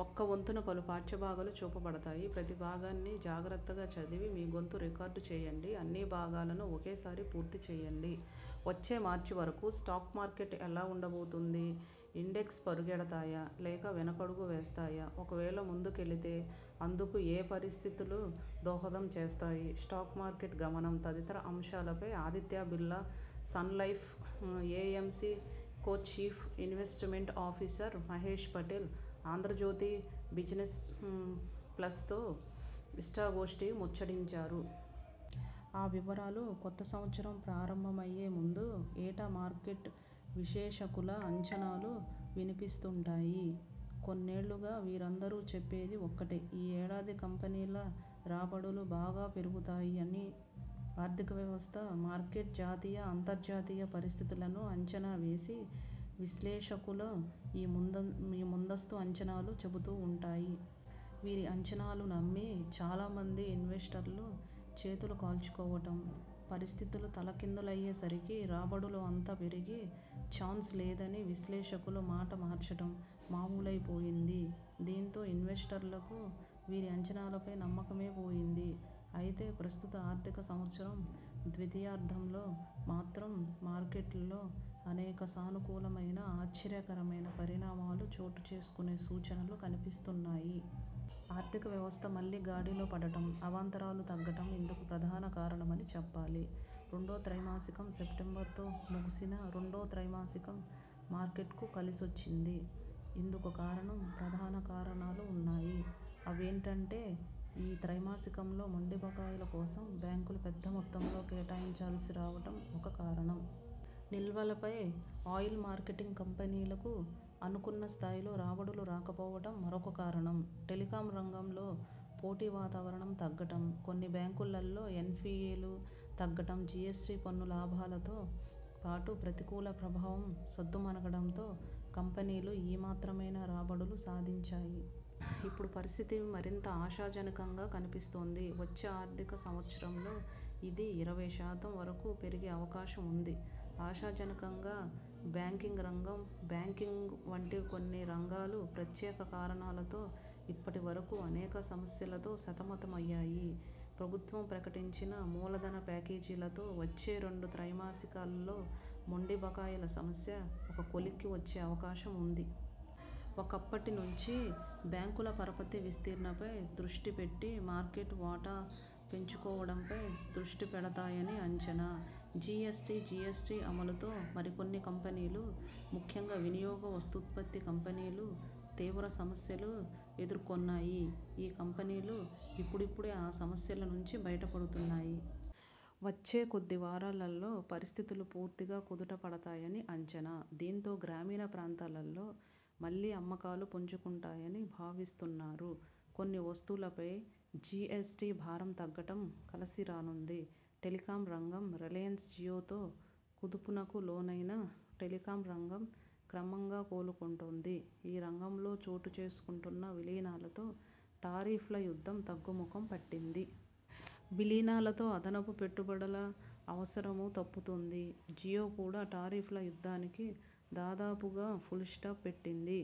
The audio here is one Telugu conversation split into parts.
వచ్చే మార్చి వరకు స్టాక్ మార్కెట్ ఎలా ఉండ బోతోంది? ఇండెక్స్లు పరుగెడతాయా? లేక వెనకడుగు వేస్తాయా? ఒకవేళ ముందు కెళితే అందుకు ఏయే పరిస్థితులు దోహదం చేస్తాయి? స్టాక్ మార్కెట్ గమనం, తదితర అంశాలపై Aditya Birla Sun Life AMC co chief investment officer Mahesh Patil 'Andhra Jyothi Business Plus' తో ఇష్ఠాగోష్ఠిగా ముచ్చటించారు. ఆ వివరాలు కొత్త సంవత్సరం ప్రారంభమయ్యే ముందు ఏటా మార్కెట్ విశ్లేషకుల అంచనాలు వినిపిస్తుంటాయి. కొన్నేళ్లుగా వీరందరూ చెప్పేది ఒక్కటే ఈ ఏడాది కంపెనీల రాబడులు బాగా పెరుగుతాయని. ఆర్థిక వ్యవస్థ, మార్కెట్, జాతీయ అంతర్జాతీయ పరిస్థితులను అంచనా వేసి విశ్లేషకులు ఈ ముందస్తు అంచనాలు చెబుతుంటారు. వీరి అంచనాలు నమ్మి చాలా మంది ఇన్వెస్టర్లు చేతులు కాల్చుకోవడం, పరిస్థితులు తలకిందులయ్యే సరికి రాబడులు అంత పెరిగే చాన్స్ లేదని విశ్లేషకులు మాట మార్చడం మామూ లైపోయింది. దీంతో ఇన్వెస్టర్లకు వీరి అంచనాలపై నమ్మకమే పోతుంది. అయితే ప్రస్తుత ఆర్థిక సంవత్సరం ద్వితీయార్ధంలో మాత్రం మార్కెట్లో అనేక సానుకూలమైన ఆశ్చర్యకర పరిణామాలు చోటు చేసుకునే సూచనలు కనిపిస్తున్నాయి. ఆర్థిక వ్యవస్థ మళ్లీ గాడిలో పడ డం, అవాంతరాలు తగ్గడం ఇందుకు ప్రధాన కారణమని చెప్పాలి. రెండో త్రైమాసికం సెప్టెంబరుతో ముగిసిన రెండో త్రైమాసికం మార్కెట్కు కలిసొచ్చింది. ఇందుకు రెండు ప్రధాన కారణాలున్నాయి. అవేంటంటే ఈ త్రైమాసికంలో మొండి బకాయిల కోసం బ్యాంకులు పెద్ద మొత్తంలో కేటాయించాల్సి రావడం ఒక కారణం. నిల్వల పై ఆయిల్ మార్కెటింగ్ కంపెనీలకు అనుకున్న స్థాయిలో రాబడులు రాకపోవడం మరో కారణం. టెలికాం రంగం లో పోటీ వాతావరణం తగ్గడం, కొన్ని బ్యాంకుల్లో ఎన్పిఎలు తగ్గడం, జిఎ్సటి పన్ను లాభాలతో పాటు, ప్రతికూల ప్రభావం సద్దుమణగడంతో కంపెనీలు ఈ మాత్రమైనా రాబడులు సాధించాయి. ఇప్పుడు పరిస్థితి మరింత ఆశాజనకంగా కనిపిస్తోంది. వచ్చే ఆర్థిక సంవత్సరంలో ఇది ఇరవై శాతం వరకు పెరిగే అవకాశం ఉంది. ఆశాజనకంగా బ్యాంకింగ్ రంగం బ్యాంకింగ్ వంటి కొన్ని రంగాలు ప్రత్యేక కారణాలతో ఇప్పటి వరకు అనేక సమస్యలతో సతమతమయ్యాయి. ప్రభుత్వం ప్రకటించిన మూల ధన ప్యాకేజితో వచ్చే రెండు త్రైమాసికా ల్లో మొండి బకాయుల సమస్య ఒక కొలిక్కి వచ్చే అవకాశం ఉంది. ఇక అప్పటి నుంచి బ్యాంకులు పరపతి విస్తరణపై దృష్టి పెట్టి మార్కెట్ వాటా పెంచుకోవడంపై దృష్టి పెడతాయని అంచనా. జీఎస్టీ జీఎస్టీ అమలుతో కొన్ని కంపెనీలు, ముఖ్యంగా వినియోగ వస్తూత్పత్తి కంపెనీలు, తీవ్ర సమస్యలు ఎదుర్కొన్నాయి. ఈ కంపెనీలు ఇపుడిపుడే ఆ సమస్యల నుంచి బయట పడుతున్నాయి. వచ్చే కొద్ది వారాల్లో పరిస్థితులు పూర్తిగా కుదుట పడతాయని అంచనా. దీంతో గ్రామీణ ప్రాంతాల్లో మళ్లీ అమ్మకాలు పుంజుకుంటాయని భావిస్తున్నారు. కొన్ని వస్తువులపై జిఎ్సటి భారం తగ్గడం కలిసి రానుంది. టెలికాం రంగం రిలయన్స్ జియోతో కుదుపునకు లోనైన టెలికాం రంగం క్రమంగా కోలుకుంటోంది. ఈ రంగంలో చోటు చేసుకుంటున్న విలీనాలతో టారిఫ్ల యుద్ధం తగ్గుముఖం పట్టింది. విలీనాలతో అదనపు పెట్టుబడుల అవసరమూ తప్పుతుంది. జియో కూడా టారిఫ్ ల యుద్ధానికి దాదాపుగా ఫుల్ స్టాప్ పెట్టింది.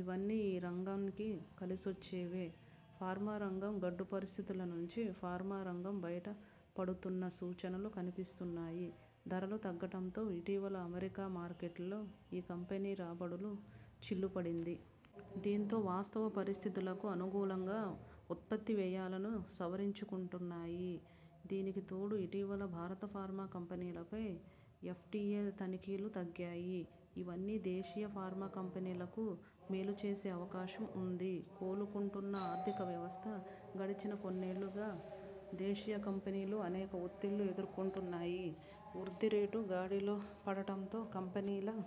ఇవన్నీ ఈ రంగానికి కలిసొచ్చేవే. ఫార్మా రంగం గడ్డు పరిస్థితుల నుంచి ఫార్మా రంగం బయట పడుతున్న సూచనలు కనిపిస్తున్నాయి. ధరలు తగ్గడంతో ఇటీవల అమెరికా మార్కెట్లో ఈ కంపెనీల రాబడులకు చిల్లు పడింది. దీంతో వాస్తవ పరిస్థితులకు అనుగుణంగా ఉత్పత్తి వ్యయాలనూ సవరించుకుంటున్నాయి. దీనికి తోడు ఇటీవల భారత ఫార్మా కంపెనీలపై ఎఫ్డిఎ తనిఖీలు తగ్గాయి. ఇవన్నీ దేశీయ ఫార్మా కంపెనీలకు మేలు చేసే అవకాశం ఉంది. కోలుకుంటున్న ఆర్థిక వ్యవస్థ గడచిన కొన్నేళ్లుగా దేశీయ కంపెనీలు అనేక ఒత్తిళ్లు ఎదుర్కొన్నాయి. వృద్ధి రేటు గాడిలో పడడంతో కంపెనీల